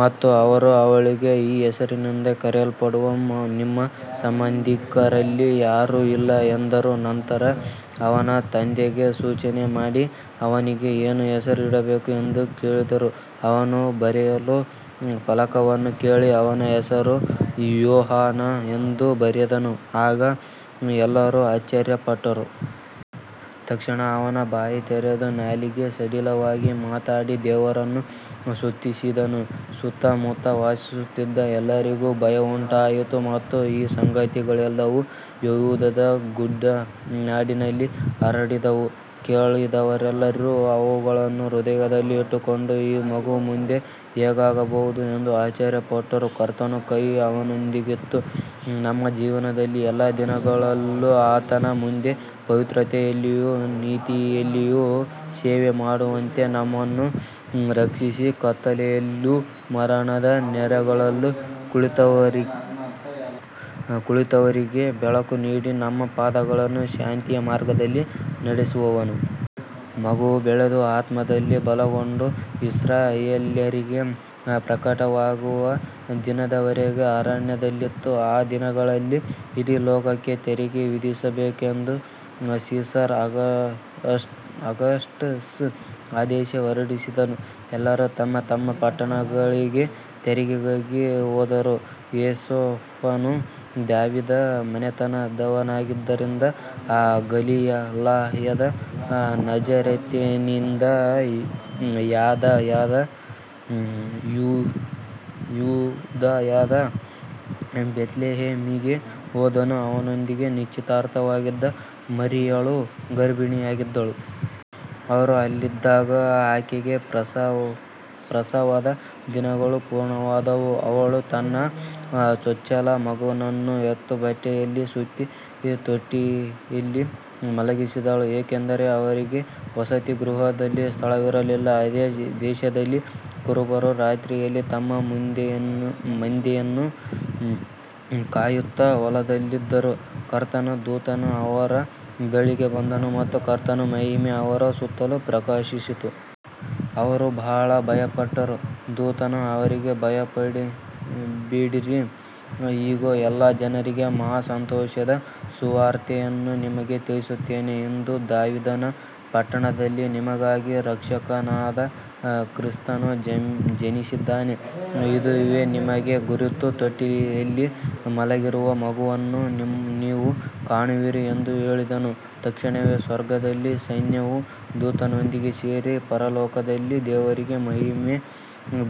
ಮತ್ತು ಅವರು ಅವಳಿಗೆ, ಈ ಹೆಸರಿನಿಂದ ಕರೆಯಲ್ಪಡುವ ನಿಮ್ಮ ಸಂಬಂಧಿಕರಲ್ಲಿ ಯಾರೂ ಇಲ್ಲ ಎಂದರು. ನಂತರ ಅವನ ತಂದೆಗೆ ಸೂಚನೆ ಮಾಡಿ, ಅವನಿಗೆ ಏನು ಹೆಸರು ಇಡಬೇಕು ಎಂದು ಕೇಳಿದರು. ಅವನು ಬರೆಯಲು ಫಲಕವನ್ನು ಕೇಳಿ, ಅವನ ಹೆಸರು ಯೋಹಾನ ಎಂದು ಬರೆದನು. ಆಗ ಎಲ್ಲರೂ ಆಶ್ಚರ್ಯಪಟ್ಟರು. ತಕ್ಷಣ ಅವನ ಬಾಯಿ ತೆರೆದು ನಾಲಿಗೆ ಸಡಿಲವಾಗಿ ಮಾತಾಡಿ ದೇವರನ್ನು ಸ್ತುತಿಸಿದನು. ಸುತ್ತಮುತ್ತ ವಾಸಿಸುತ್ತಿದ್ದ ಎಲ್ಲರಿಗೂ ಭಯವುಂಟಾಯಿತು ಮತ್ತು ಈ ಸಂಗತಿಗಳೆಲ್ಲವೂ ಯೆಹೂದದ ಗುಡ್ಡನಾಡಿನಲ್ಲಿ ಹರಡಿದವು. ಕೇಳಿದವರೆಲ್ಲರೂ ಅವುಗಳನ್ನು ಹೃದಯದಲ್ಲಿ ಇಟ್ಟುಕೊಂಡು, ಈ ಮಗು ಮುಂದೆ ಹೇಗಾಗಬಹುದು ಎಂದು ಆಶ್ಚರ್ಯಪಟ್ಟರು. ಕರ್ತನ ಕೈ ಅವನೊಂದಿಗಿತ್ತು. ನಮ್ಮ ಜೀವನದ ಎಲ್ಲಾ ದಿನಗಳಲ್ಲೂ ಆತನ ಮುಂದೆ ಪವಿತ್ರತೆಯಲ್ಲಿಯೂ ನೀತಿಯಲ್ಲಿಯೂ ಸೇವೆಮಾಡುವಂತೆ ನಮ್ಮನ್ನು ರಕ್ಷಿಸಿ, ಕತ್ತಲೆಯಲ್ಲೂ ಮರಣದ ನೆರಳಲ್ಲೂ ಕುಳಿತವರಿಗೆ ಬೆಳಕು ನೀಡಿ, ನಮ್ಮ ಪಾದಗಳನ್ನು ಶಾಂತಿಯ ಮಾರ್ಗದಲ್ಲಿ ನಡೆಸುವನು. ಮಗು ಬೆಳೆದು ಆತ್ಮದಲ್ಲಿ ಬಲಗೊಂಡು, ಇಸ್ರಾಯೇಲ್ಯರಿಗೆ ಪ್ರಕಟವಾಗುವ ದಿನದವರೆಗೆ ಅರಣ್ಯದಲ್ಲಿತ್ತು. ಆ ದಿನಗಳಲ್ಲಿ ಇಡೀ ಲೋಕಕ್ಕೆ ತೆರಿಗೆ ವಿಧಿಸಬೇಕೆಂದು ಸೀಸರ್ ಅಗಸ್ಟಸ್ ಆದೇಶ ಹೊರಡಿಸಿದನು. ಎಲ್ಲರೂ ತಮ್ಮ ತಮ್ಮ ಪಟ್ಟಣಗಳಿಗೆ ತೆರಿಗೆಗಾಗಿ ಹೋದರು. ಯೋಸೇಫನು ದಾವೀದನ ಮನೆತನದವನಾಗಿದ್ದರಿಂದ ಗಲಿಲಾಯದ ನಜರೇತಿನಿಂದ ಯೂದಾಯದ ಬೆತ್ಲೆಹೇಮಿಗೆ ಹೋದನು. ಅವನೊಂದಿಗೆ ನಿಶ್ಚಿತಾರ್ಥವಾಗಿದ್ದ ಮರಿಯಳು ಗರ್ಭಿಣಿಯಾಗಿದ್ದಳು. ಅವರು ಅಲ್ಲಿದ್ದಾಗ ಆಕೆಗೆ ಪ್ರಸವದ ದಿನಗಳು ಪೂರ್ಣವಾದವು. ಅವಳು ತನ್ನ ಚೊಚ್ಚಲ ಮಗನನ್ನು ಹೆತ್ತು, ಬಟ್ಟೆಯಲ್ಲಿ ಸುತ್ತಿ ತೊಟ್ಟಿಯಲ್ಲಿ ಮಲಗಿಸಿದಳು, ಏಕೆಂದರೆ ಅವರಿಗೆ ವಸತಿಗೃಹದಲ್ಲಿ ಸ್ಥಳವಿರಲಿಲ್ಲ. ಅದೇ ದೇಶದಲ್ಲಿ ಕುರುಬರು ರಾತ್ರಿಯಲ್ಲಿ ತಮ್ಮ ಮಂದೆಯನ್ನು ಕಾಯುತ್ತಾ ಹೊಲದಲ್ಲಿದ್ದರು. ಕರ್ತನ ದೂತನು ಅವರ ಬಳಿಗೆ ಬಂದನು ಮತ್ತು ಕರ್ತನ ಮಹಿಮೆ ಅವರ ಸುತ್ತಲೂ ಪ್ರಕಾಶಿಸಿತು. ಅವರು ಬಹಳ ಭಯಪಟ್ಟರು. ದೂತನು ಅವರಿಗೆ, ಭಯಪಡಬೇಡಿರಿ, ಇಗೋ, ಎಲ್ಲಾ ಜನರಿಗೆ ಮಹಾ ಸಂತೋಷದ ಸುವಾರ್ತೆಯನ್ನು ನಿಮಗೆ ತಿಳಿಸುತ್ತೇನೆ. ಇಂದು ದಾವೀದನ ಪಟ್ಟಣದಲ್ಲಿ ನಿಮಗಾಗಿ ರಕ್ಷಕನಾದ ಕ್ರಿಸ್ತನು ಜನಿಸಿದ್ದಾನೆ. ಇದುವೇ ನಿಮಗೆ ಗುರುತು, ತೊಟ್ಟಿಯಲ್ಲಿ ಮಲಗಿರುವ ಮಗುವನ್ನು ನೀವು ಕಾಣುವಿರಿ ಎಂದು ಹೇಳಿದನು. ತಕ್ಷಣವೇ ಸ್ವರ್ಗದ ಸೈನ್ಯವು ದೂತನೊಂದಿಗೆ ಸೇರಿ, ಪರಲೋಕದಲ್ಲಿ ದೇವರಿಗೆ ಮಹಿಮೆ,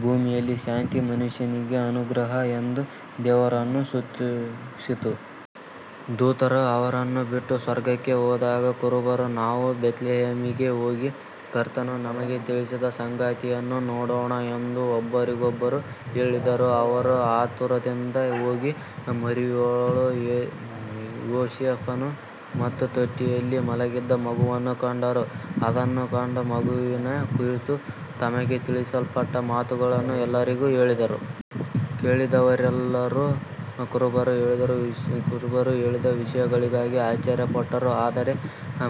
ಭೂಮಿಯಲ್ಲಿ ಶಾಂತಿ, ಮನುಷ್ಯರಿಗೆ ಅನುಗ್ರಹ ಎಂದು ದೇವರನ್ನು ಸ್ತುತಿಸಿತು. ದೂತರು ಅವರನ್ನು ಬಿಟ್ಟು ಸ್ವರ್ಗಕ್ಕೆ ಹೋದಾಗ ಕುರುಬರು, ನಾವು ಬೆತ್ಲೆಹೇಮಿಗೆ ಹೋಗಿ ಕರ್ತನು ನಮಗೆ ತಿಳಿಸಿದ ಸಂಗತಿಯನ್ನು ನೋಡೋಣ ಎಂದು ಒಬ್ಬರಿಗೊಬ್ಬರು ಹೇಳಿದರು. ಅವರು ಆತುರದಿಂದ ಹೋಗಿ ಮರಿಯಳು, ಯೋಸೇಫನು ಮತ್ತು ತೊಟ್ಟಿಯಲ್ಲಿ ಮಲಗಿದ್ದ ಮಗುವನ್ನು ಕಂಡರು. ಅದನ್ನು ಕಂಡು ಮಗುವಿನ ಕುರಿತು ತಮಗೆ ತಿಳಿಸಲ್ಪಟ್ಟ ಮಾತುಗಳನ್ನು ಎಲ್ಲರಿಗೂ ಹೇಳಿದರು. ಕೇಳಿದವರೆಲ್ಲರೂ ಕುರುಬರು ಹೇಳಿದ ವಿಷಯಗಳಿಗೆ ಆಶ್ಚರ್ಯಪಟ್ಟರು. ಆದರೆ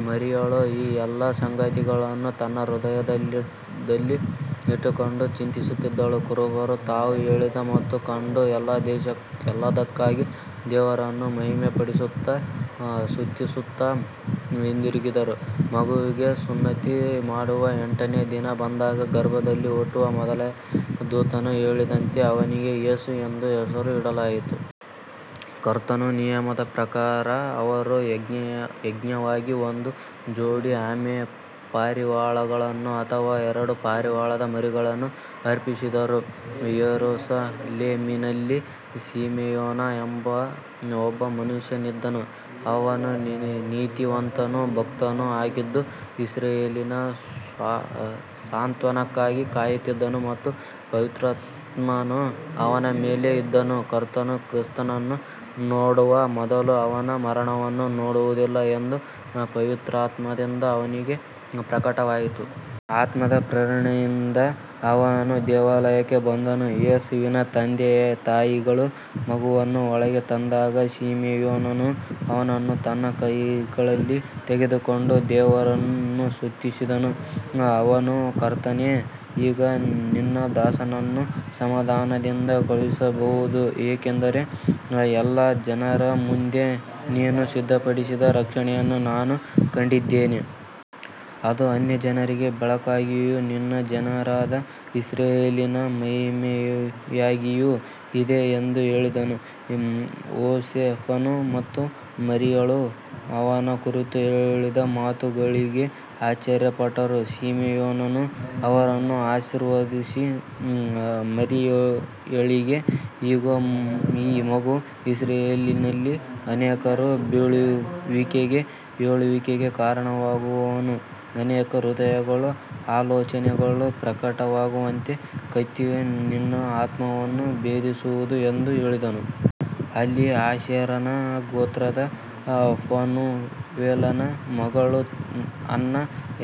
ಮರಿಯಳು ಈ ಎಲ್ಲಾ ಸಂಗತಿಗಳನ್ನು ತನ್ನ ಹೃದಯದಲ್ಲಿ ಇಟ್ಟುಕೊಂಡು ಚಿಂತಿಸುತ್ತಿದ್ದಳು. ಕುರುಬರು ತಾವು ಕೇಳಿದ ಮತ್ತು ಕಂಡ ಎಲ್ಲದಕ್ಕಾಗಿ ದೇವರನ್ನು ಮಹಿಮೆಪಡಿಸುತ್ತಾ ಸ್ತುತಿಸುತ್ತಾ ಹಿಂದಿರುಗಿದರು. ಮಗುವಿಗೆ ಸುನ್ನತಿ ಮಾಡುವ ಎಂಟನೇ ದಿನ ಬಂದಾಗ, ಗರ್ಭದಲ್ಲಿ ಹುಟ್ಟುವ ಮೊದಲೇ ದೂತನು ಹೇಳಿದಂತೆ ಅವನಿಗೆ ಯೇಸು ಎಂದು ಹೆಸರು ಇಡಲಾಯಿತು. ಕರ್ತನ ನಿಯಮದ ಪ್ರಕಾರ ಅವರು ಯಜ್ಞವಾಗಿ ಒಂದು ಜೋಡಿ ಆಮೆಪಾರಿವಾಳಗಳನ್ನು ಅಥವಾ ಎರಡು ಪಾರಿವಾಳದ ಮರಿಗಳನ್ನು ಅರ್ಪಿಸಿದರು. ಯೆರೂಸಲೇಮಿನಲ್ಲಿ ಸಿಮೆಯೋನ ಎಂಬ ಒಬ್ಬ ಮನುಷ್ಯನಿದ್ದನು. ಅವನು ನೀತಿವಂತನೂ ಭಕ್ತನೂ ಆಗಿದ್ದು, ಇಸ್ರಾಯೇಲಿನ ಸಾಂತ್ವನಕ್ಕಾಗಿ ಕಾಯುತ್ತಿದ್ದನು ಮತ್ತು ಪವಿತ್ರಾತ್ಮನು ಅವನ ಮೇಲೆ ಇದ್ದನು. ಕರ್ತನ ಕ್ರಿಸ್ತನನ್ನು ನೋಡುವ ಮೊದಲು ಅವನು ಮರಣವನ್ನು ನೋಡುವುದಿಲ್ಲ ಎಂದು ಪವಿತ್ರಾತ್ಮದಿಂದ ಅವನಿಗೆ ಪ್ರಕಟವಾಗಿತ್ತು. ಆತ್ಮದ ಪ್ರೇರಣೆಯಿಂದ ಅವನು ದೇವಾಲಯಕ್ಕೆ ಬಂದನು. ಯೇಸುವಿನ ತಂದೆತಾಯಿಗಳು ಮಗುವನ್ನು ಒಳಗೆ ತಂದಾಗ ಸಿಮೆಯೋನನು ಅವನನ್ನು ತನ್ನ ಕೈಗಳಲ್ಲಿ ತೆಗೆದುಕೊಂಡು ದೇವರನ್ನು ಸ್ತುತಿಸಿದನು. ಅವನು, ಕರ್ತನೇ, ಈಗ ನಿನ್ನ ದಾಸನನ್ನು ಸಮಾಧಾನದಿಂದ ಕಳುಹಿಸಬಹುದು, ಏಕೆಂದರೆ ಎಲ್ಲಾ ಜನರ ಮುಂದೆ ನೀನು ಸಿದ್ಧಪಡಿಸಿದ ರಕ್ಷಣೆಯನ್ನು ನಾನು ಕಂಡಿದ್ದೇನೆ. ಅದು ಅನ್ಯಜನರಿಗೆ ಬೆಳಕಾಗಿಯೂ ನಿನ್ನ ಜನರಾದ ಇಸ್ರಾಯೇಲಿನ ಮಹಿಮೆಯಾಗಿಯೂ ಇದೆ ಎಂದು ಹೇಳಿದನು. ಯೋಸೇಫನು ಮತ್ತು ಮರಿಯಳು ಅವನ ಕುರಿತು ಹೇಳಿದ ಮಾತುಗಳಿಗೆ ಆಶ್ಚರ್ಯಪಟ್ಟರು. ಸಿಮೆಯೋನನು ಅವರನ್ನು ಆಶೀರ್ವದಿಸಿ ಮರಿಯಳಿಗೆ, ಇಗೋ, ಈ ಮಗು ಇಸ್ರಾಯೇಲಿನಲ್ಲಿ ಅನೇಕರ ಬೀಳುವಿಕೆಗೂ ಏಳುವಿಕೆಗೂ ಕಾರಣವಾಗುವನು. ಅನೇಕ ಹೃದಯಗಳ ಆಲೋಚನೆಗಳು ಪ್ರಕಟವಾಗುವಂತೆ ಕತ್ತಿಯು ನಿನ್ನ ಆತ್ಮವನ್ನೂ ಭೇದಿಸುವುದು ಎಂದು ಹೇಳಿದನು. ಅಲ್ಲಿ ಆಶೇರನ ಗೋತ್ರದ ಫನೂವೇಲನ ಮಗಳು ಅನ್ನ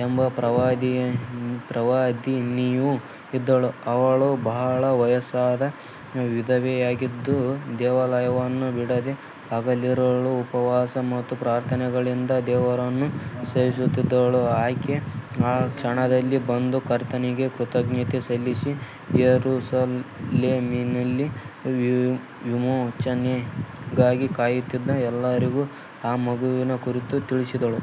ಎಂಬ ಪ್ರವಾದಿನಿಯೂ ಇದ್ದಳು. ಅವಳು ಬಹಳ ವಯಸ್ಸಾದ ವಿಧವೆಯಾಗಿದ್ದು, ದೇವಾಲಯವನ್ನು ಬಿಡದೆ ಹಗಲಿರುಳು ಉಪವಾಸ ಮತ್ತು ಪ್ರಾರ್ಥನೆಗಳಿಂದ ದೇವರನ್ನು ಸೇವಿಸುತ್ತಿದ್ದಳು. ಆಕೆ ಆ ಕ್ಷಣದಲ್ಲಿ ಬಂದು ಕರ್ತನಿಗೆ ಕೃತಜ್ಞತೆ ಸಲ್ಲಿಸಿ, ಯೆರೂಸಲೇಮಿನಲ್ಲಿ ವಿಮೋಚನೆಗಾಗಿ ಕಾಯುತ್ತಿದ್ದ ಎಲ್ಲರಿಗೂ ಆ ಮಗುವಿನ ಕುರಿತು ತಿಳಿಸಿದಳು.